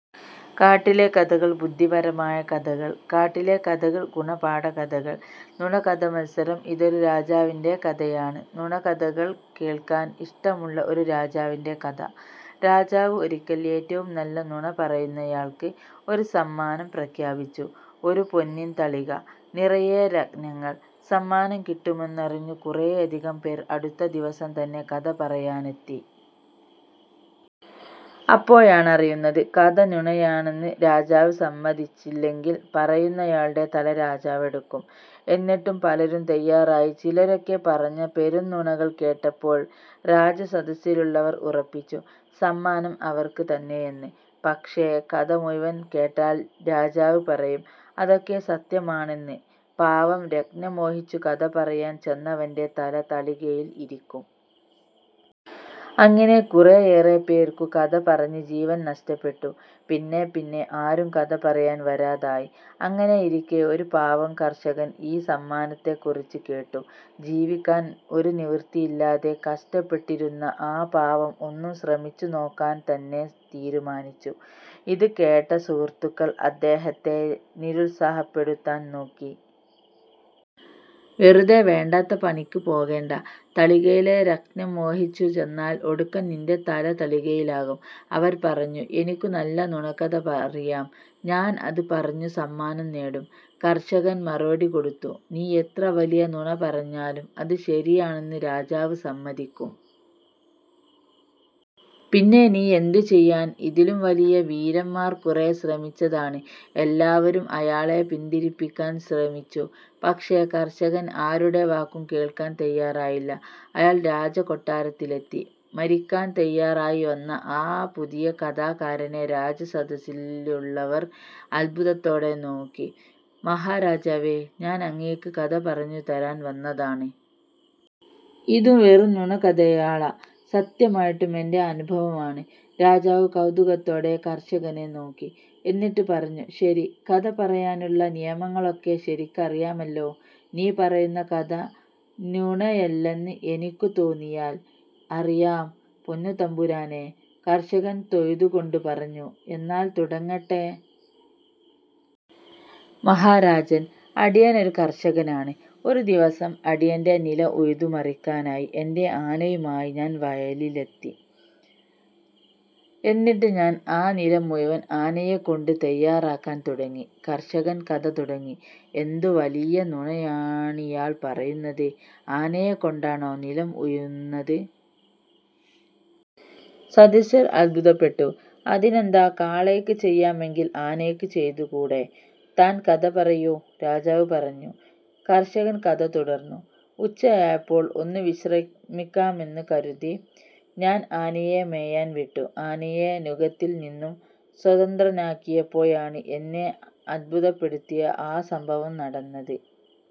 കാട്ടിലെ കഥകള് ബുദ്ധിപരമായ കഥകൾ കാട്ടിലെ കഥകള് ഗുണപാഠ കഥകള് നുണക്കഥമത്സരം ഇതൊരു രാജാവിന്റെ കഥയാണ്, നുണക്കഥകള് കേള്ക്കാന് ഇഷ്ടമുള്ള ഒരു രാജാവിന്റെ കഥ. രാജാവ് ഒരിക്കല് ഏറ്റവും നല്ല നുണ പറയുന്നയാള്ക്ക് ഒരു സമ്മാനം പ്രഖ്യാപിച്ചു ഒരു പൊന്നിന് തളിക നിറയെ രത്നങ്ങള്. സമ്മാനം കിട്ടുമെന്നറിഞ്ഞു കുറെയധികം പേര് അടുത്ത ദിവസം തന്നെ കഥ പറയാനെത്തി. അപ്പോഴാണറിയുന്നത്, കഥ നുണയാണെന്ന് രാജാവ് സമ്മതിച്ചില്ലെങ്കില് പറയുന്നയാളുടെ തല രാജാവെടുക്കും. എന്നിട്ടും പലരും തയ്യാറായി. ചിലരൊക്കെ പറഞ്ഞ പെരുംനുണകള് കേട്ടപ്പോള് രാജസദസ്സിലുള്ളവര് ഉറപ്പിച്ചു, സമ്മാനം അവര്ക്ക് തന്നെയെന്ന്. പക്ഷേ, കഥ മുഴുവന് കേട്ടാല് രാജാവ് പറയും, അതൊക്കെ സത്യമാണെന്ന്. പാവം രത്നം മോഹിച്ചു കഥ പറയാന് ചെന്നവന്റെ തല തളികയില് ഇരിക്കും. അങ്ങിനെ കുറേയേറെപ്പേര്ക്കു കഥ പറഞ്ഞ് ജീവന് നഷ്ടപ്പെട്ടു. പിന്നെ പിന്നെ ആരും കഥ പറയാന് വരാതായി. അങ്ങിനെയിരിക്കെ ഒരു പാവം കര്ഷകന് ഈ സമ്മാനത്തെക്കുറിച്ച് കേട്ടു. ജീവിക്കാന് ഒരു നിവൃത്തിയില്ലാതെ കഷ്ട്പ്പെട്ടിരുന്ന ആ പാവം ഒന്നു ശ്രമിച്ചു നോക്കാന് തന്നെ തീരുമാനിച്ചു. ഇത് കേട്ട സുഹൃത്തുക്കള് അദ്ദേഹത്തെ നിരുത്സാഹപ്പെടുത്താന് നോക്കി. "വെറുതെ വേണ്ടാത്ത പനിക്ക് പോകേണ്ട. തളികയിലെ രത്നം മോഹിച്ചു ചെന്നാല് ഒടുക്കം നിന്റെ തല തളികയിലാകും" അവര് പറഞ്ഞു. "എനിക്കു നല്ല നുണക്കഥ അറിയാം. ഞാന് അത് പറഞ്ഞു സമ്മാനം നേടും" കര്ഷകന് മറുപടി കൊടുത്തു. "നീ എത്ര വലിയ നുണ പറഞ്ഞാലും അത് ശരിയാണെന്ന് രാജാവ് സമ്മ്തിക്കും. പിന്നെ നീ എന്തു ചെയ്യാന്? ഇതിലും വലിയ വീരന്മാര് കുറെ ശ്രമിച്ചതാണ്". എല്ലാവരും അയാളെ പിന്തിരിപ്പിക്കാന് ശ്രമിച്ചു. പക്ഷേ, കര്ഷകന് ആരുടെ വാക്കും കേള്ക്കാന് തയ്യാറായില്ല. അയാള് രാജകൊട്ടാരത്തിലെത്തി. മരിക്കാന് തയ്യാറായി വന്ന ആ പുതിയ കഥാകാരനെ രാജസദസ്സിലുള്ളവര് അത്ഭുതത്തോടെ നോക്കി. "മഹാരാജാവേ.. ഞാന് അങ്ങേക്ക് കഥ പറഞ്ഞു തരാന് വന്നതാണ്. ഇതും വെറും നുണക്കഥയാള. സത്യമായിട്ടും എന്റെ അനുഭവമാണ്. " രാജാവ് കൌതുകത്തോടെ കര്ഷകനെ നോക്കി. എന്നിട്ട് പറഞ്ഞു: "ശരി. കഥ പറയാനുള്ള നിയമങ്ങളൊക്കെ ശരിക്കറിയാമല്ലോ. നീ പറയുന്ന കഥ നുണയല്ലെന്ന് എനിക്കു തോന്നിയാല്... " "അറിയാം, പൊന്നുതമ്പുരാനെ... " കര്ഷകന് തൊഴുതു കൊണ്ട് പറഞ്ഞു. "എന്നാല് തുടങ്ങട്ടെ! " "മഹാരാജന്, അടിയന് ഒരു കര്ഷകനാണ്. ഒരു ദിവസം അടിയന്റെ നില ഉഴുതു മറിക്കാനായി എന്റെ ആനയുമായി ഞാന് വയലിലെത്തി. എന്നിട്ട് ഞാന് ആ നിലം മുഴുവന് ആനയെകൊണ്ട് തയ്യാറാക്കാന് തുടങ്ങി. " കര്ഷകന് കഥ തുടങ്ങി. "എന്തു വലിയ നുണയാണിയാള് പറയുന്നത്? ആനയെക്കൊണ്ടാണോ നിലം ഉഴുന്നത്?: സദസ്യര് അത്ഭുതപ്പെട്ടു. "അതിനെന്താ. കാളയ്ക്ക് ചെയ്യാമെങ്കില് ആനയ്ക്ക് ചെയ്തു കൂടെ? താന് കഥ പറയൂ. " രാജാവ് പറഞ്ഞു. കര്ഷകന് കഥ തുടര്ന്നു: "ഉച്ചയായപ്പോള് ഒന്നു വിശ്രമിക്കാമെന്ന് കരുതി ഞാന് ആനയെ മേയാന് വിട്ടു. ആനയെ നുകത്തില് നിന്നും സ്വതന്ത്രനാക്കിയപ്പോഴാണ് എന്നെ അത്ഭുതപ്പെടുത്തിയ ആ സംഭവം നടന്നത്.